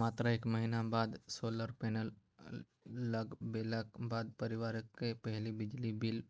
मात्र एक महीना बाद सोलर पैनल लगबैलाक बाद परिवारकेँ पहिल बिजली बिल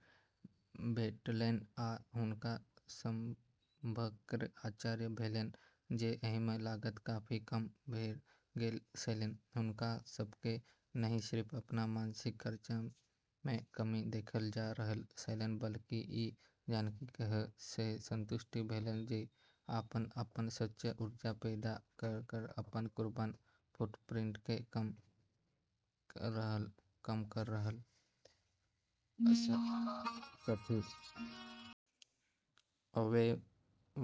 भेटलैन, आ हुनका सभकेँ आश्चर्य भेलैन जे एहिमे लागत काफी कम भऽ गेल छलैन। हुनका सभकेँ नहि सिर्फ अपन मासिक खर्चमे कमी देखल जा रहल छलैन, बल्कि ई जानि कऽ सेहो संतुष्टि भेलैन जे ओ अपन स्वच्छ ऊर्जा पैदा कऽ कऽ अपन कार्बन फुटप्रिंटकेँ कम कऽ रहल छथि। आवै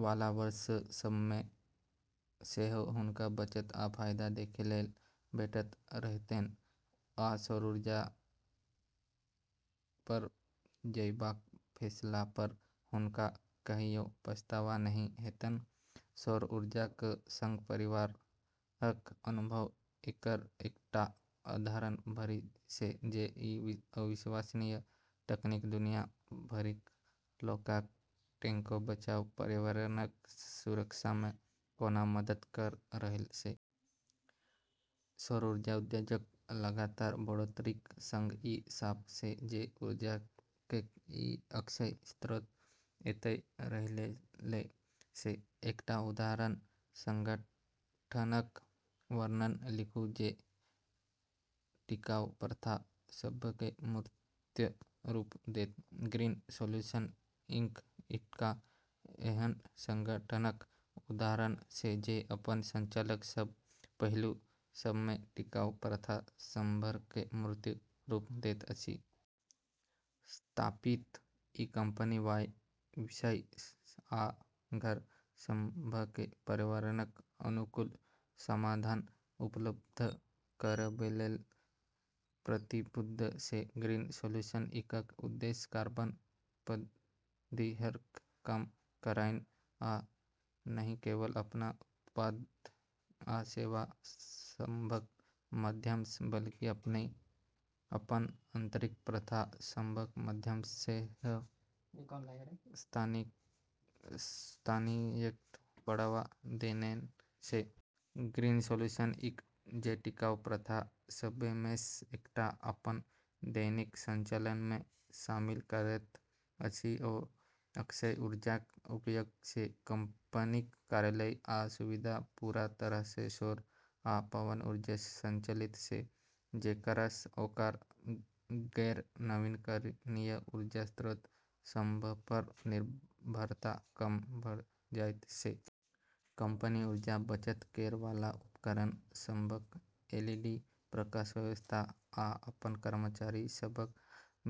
वाला वर्ष सभमे सेहो हुनका बचत आ फायदा देखैलेल भेटैत रहतैन, आ सौर ऊर्जापर जयबाक फैसलापर हुनका कहियो पछतावा नहि हेतैन। सौर ऊर्जाक संग परिवारक अनुभव एकर एकटा उदाहरण भरि छै जे ई अविश्वसनीय तकनीक दुनिया भरिक लोककेँ टका बचाबै आ पर्यावरणक सुरक्षामे कोना मदद कऽ रहल छै। सौर ऊर्जा उद्योगक लगातार बढ़ोत्तरीक संग ई साफ छै जे ऊर्जाक ई अक्षय स्रोत एतय रहैलेल छै। एकटा उदाहरण संगठनक वर्णन लिखू जे टिकाऊ प्रथा सभकेँ मूर्त रूप देत। ग्रीन सॉल्यूशंस इंक एकटा एहन संगठनक उदाहरण छै जे अपन संचालनक सब पहलू सभमे टिकाऊ प्रथा सभकेँ मूर्त रूप दैत अछि। स्थापित ई कंपनी व्यवसाय आ घर सभकेँ पर्यावरणक अनुकूल समाधान उपलब्ध कराबैलेल प्रतिबद्ध छै। ग्रीन सॉल्यूशंस इंकक उद्देश्य कार्बन पदचिह्नकेँ कम करनाइ आ नहि केवल अपन उत्पाद आ सेवा सभक माध्यमसँ बल्कि अपन आंतरिक प्रथा सभक माध्यमसँ सेहो स्थायित्वकेँ बढ़ावा देनाइ छै। ग्रीन सॉल्यूशंस इंक जे टिकाऊ प्रथा सभमेसँ एकटा अपन दैनिक संचालनमे शामिल करैत अछि, ओ अक्षय ऊर्जाक उपयोग छै। कंपनीक कार्यालय आ सुविधा पूरा तरहसँ सौर आ पवन ऊर्जासँ संचालित छै, जेकरासँ ओकर गैर-नवीनीकरणीय ऊर्जा स्रोत सभपर निर्भरता कम भऽ जाइत छै। कंपनी ऊर्जा बचत करै वाला उपकरण सभक, एलईडी प्रकाश व्यवस्था, आ अपन कर्मचारी सभक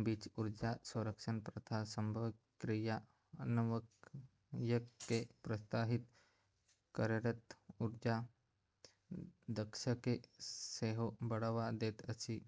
बीच ऊर्जा संरक्षण प्रथा सभक क्रियान्वयनकेँ प्रोत्साहित करैत ऊर्जा दक्षताकेँ सेहो बढ़ावा दैत अछि।